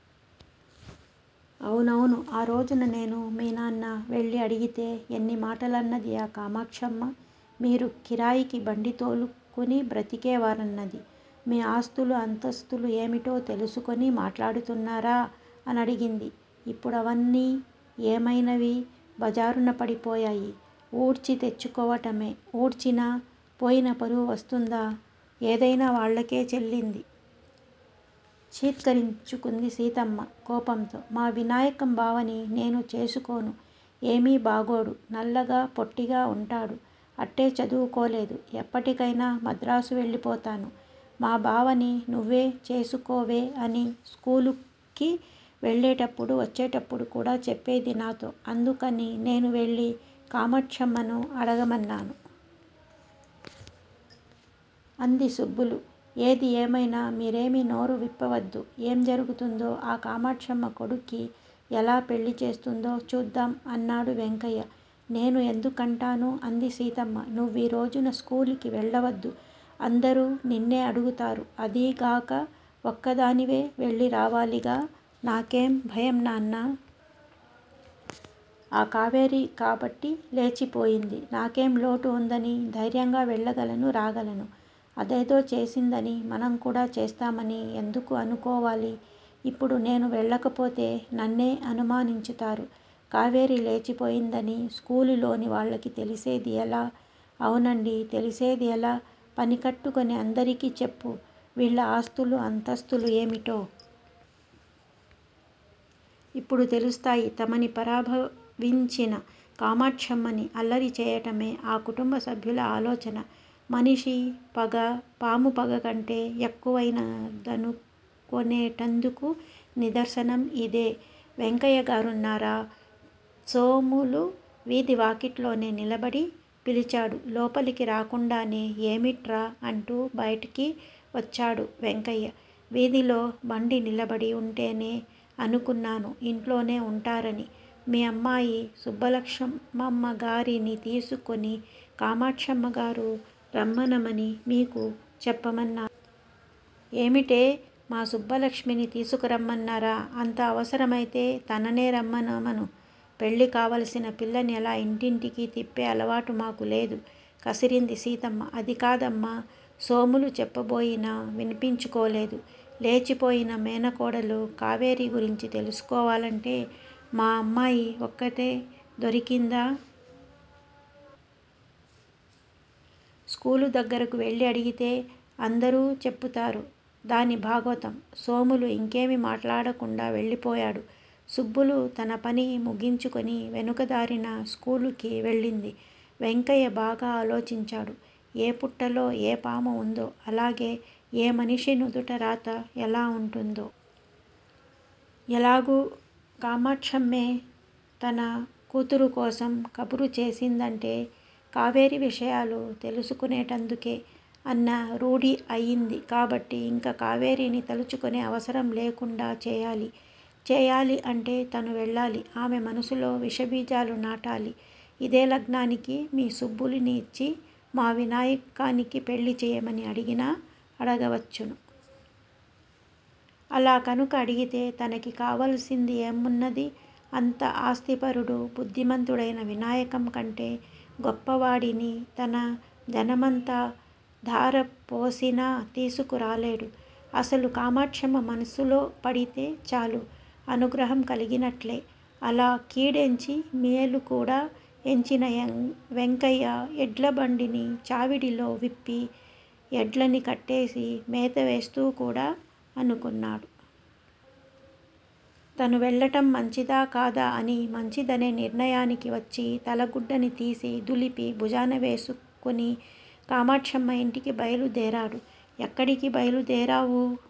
అవునవును! ఆరోజున నేనూ, మీనాన్నా వెళ్ళి అడిగితే ఎన్ని మాటలన్నది ఆ కామాక్షమ్మ? మీరు కిరాయికి బండితోలుకుని బ్రతికేవారన్నది. మీ ఆస్తులు అంతస్తులూ ఏమిటో తెలుసుకుని మాట్లాడుతున్నారా? అనడిగింది. ఇప్పుడవన్నీ ఏమయినవి? బజారున పడిపోయాయి! ఊడ్చి తెచ్చుకోవటమే! ఊడ్చినా పోయినపరువు వస్తుందా? ఏదయినా వాళ్ళకే చెల్లింది! ఛీత్కరించుకుంది సీతమ్మ కోపంతో! మా వినాయకం బావని నేను చేసుకోను! ఏమీ బాగోడు! నల్లగా పొట్టిగా వుంటాడు. అట్టే చదువుకోలేదు! ఎప్పటికయినా మద్రాసు వెళ్ళి పోతాను. మా బావని నువ్వే చేసుకోవే! అని స్కూలుకి వెళ్ళేటప్పుడు వచ్చేటప్పుడుకూడా చెప్పేది నాతో! అందుకని నేనువెళ్ళి కామాక్షమ్మను అడగమన్నాను! అంది సుబ్బులు! ఏది ఏమయినా మీరేమీ నోరు విప్పవద్దు! ఏం జరుగుతుందో? ఆ కామాక్షమ్మ కొడుక్కి ఎలా పెళ్ళి చూస్తుందో చూద్దాం! అన్నాడు వెంకయ్య. నేను ఎందుకంటాను? అంది సీతమ్మ. నువ్వీరోజున స్కూలుకి వెళ్ళవద్దు! అందరూ నిన్నే అడుగుతారు. అదీగాక ఒక్కదానివే వెళ్ళిరావాలిగా? నాకేం భయంనాన్నా? ఆ కావేరికాబట్టి లేచిపోయింది. నాకేం లోటు వుందని? ధైర్యంగా వెళ్ళగలనూ, రాగలను! అదేదో చేసిందని మనంకూడా చేస్తామని ఎందుకు అనుకోవాలి? యిప్పుడు నేను వెళ్ళకపోతే నన్నే అనుమానించుతారు! కావేరి లేచిపోయిందని స్కూలులోని వాళ్ళకి తెలిసేది ఎలా? అవునవునండీ! తెలిసేది ఎలా? పనికట్టుకుని అందరికీ చెప్పు! వీళ్ళ ఆస్తులూ అంతస్తులూ ఏమిటో? ఇప్పుడు తెలుస్తాయి. తమని పరాభావించిన కామాక్షమ్మని అల్లరి చేయటమే ఆ కుటుంబ సభ్యుల ఆలోచన! మనిషి పగ పాము పగ కంటే ఎక్కువయినదనుకునేటందుకు నిదర్శనం యిదే! వెంకయ్యగారున్నారా? సోములు వీధి వాకిట్లోనే నిలబడి పిలిచాడు లోపలికి రాకుండానే? ఏమిట్రా? అంటూ బైటికి వచ్చాడు వెంకయ్య. వీధిలో బండి నిలబడి వుంటేనే అనుకున్నాను యింట్లోనే వుంటారని మీ అమ్మాయి సుబ్బలక్ష్మమ్మ గారిని తీసుకుని కామాక్షమ్మగారు రమ్మనమని మీకు చెప్పమన్నారు! ఏమిటే? మా సుబ్బలక్ష్మిని తీసుకురమ్మన్నారా? అంత అవసరం అయితే తననే రమ్మనమను! పెళ్ళి కావాలసిన పిల్లని అలా ఇంటింటికీ తిప్పే అలవాటు మాకులేదు! కసిరింది సీతమ్మ. అది కాదమ్మా! సోములు చెప్పబోయినా వినిపించుకోలేదు. లేచిపోయిన మేనకోడలు కావేరి గురించి తెలుసుకోవాలంటే మా అమ్మాయి ఒక్రతే దొరికిందా? స్కూలు దగ్గరకు వెళ్ళి అడిగితే అందరూ చెప్పుతారు దాని బాగోతం! సోములు యింకేమీ మాట్లాడకుండా వెళ్ళిపోయాడు. సుబ్బులు తన పని ముగించుకుని వెనుక దారిన స్కూలుకి వెళ్ళింది. వెంకయ్య బాగా ఆలోచించాడు ఏ పుట్టలో ఏ పాము వుందో? అలాగే ఏ మనిషి నుదుట రాత ఎలా వుంటుందో? ఎలాగూ కామాక్షమ్మే తన కోసం తన కూతురు కోసం కబురు చేసిందంటే కావేరి విషయాలు తెలుసుకునేటందుకే! అన్న రూఢీ అయింది కాబట్టి యింక కావేరిని తలుచుకునే అవసరం లేకుండా చేయాలి! చేయాలీ అంటే తను వెళ్ళాలి! ఆమె మనసులో విష బీజాలు నాటాలి? యిదే లగ్నానికి మీ సుబ్బులుని యిచ్చి మా వినాయకానికి పెళ్ళి చేయమని అడిగినా అడగవచ్చును! అలా కనుక అడిగితే తనకి కావలసింది ఏమున్నది? అంత ఆస్థిపరుడు బుద్దిమంతుడయిన వినాయకం కంటే గొప్పవాడిని తన దనమంతా ధారాపోసినా తీసుకురాలేడు. అసలు కామాక్షమ్మ మనసులో పడితే చాలు! అనుగ్రహం కలిగినట్లే! అలా కీడెంచి మేలు కూడా ఎంచిన వెంకయ్య ఎడ్ల బండిని చావిడిలో విప్పి ఎడ్లని కట్టేసి మేత వేస్తూ కూడా అనుకున్నాడు. తను వెళ్ళటం మంచిదా? కాదా? అని! మంచిదనే నిర్ణయానికి వచ్చి తలగుడ్దని తీసి దులిపి భుజాన వేసుకుని కామాక్షమ్మ యింటికి బయలుదేరాడు. ఎక్కడికీ బయలుదేరావు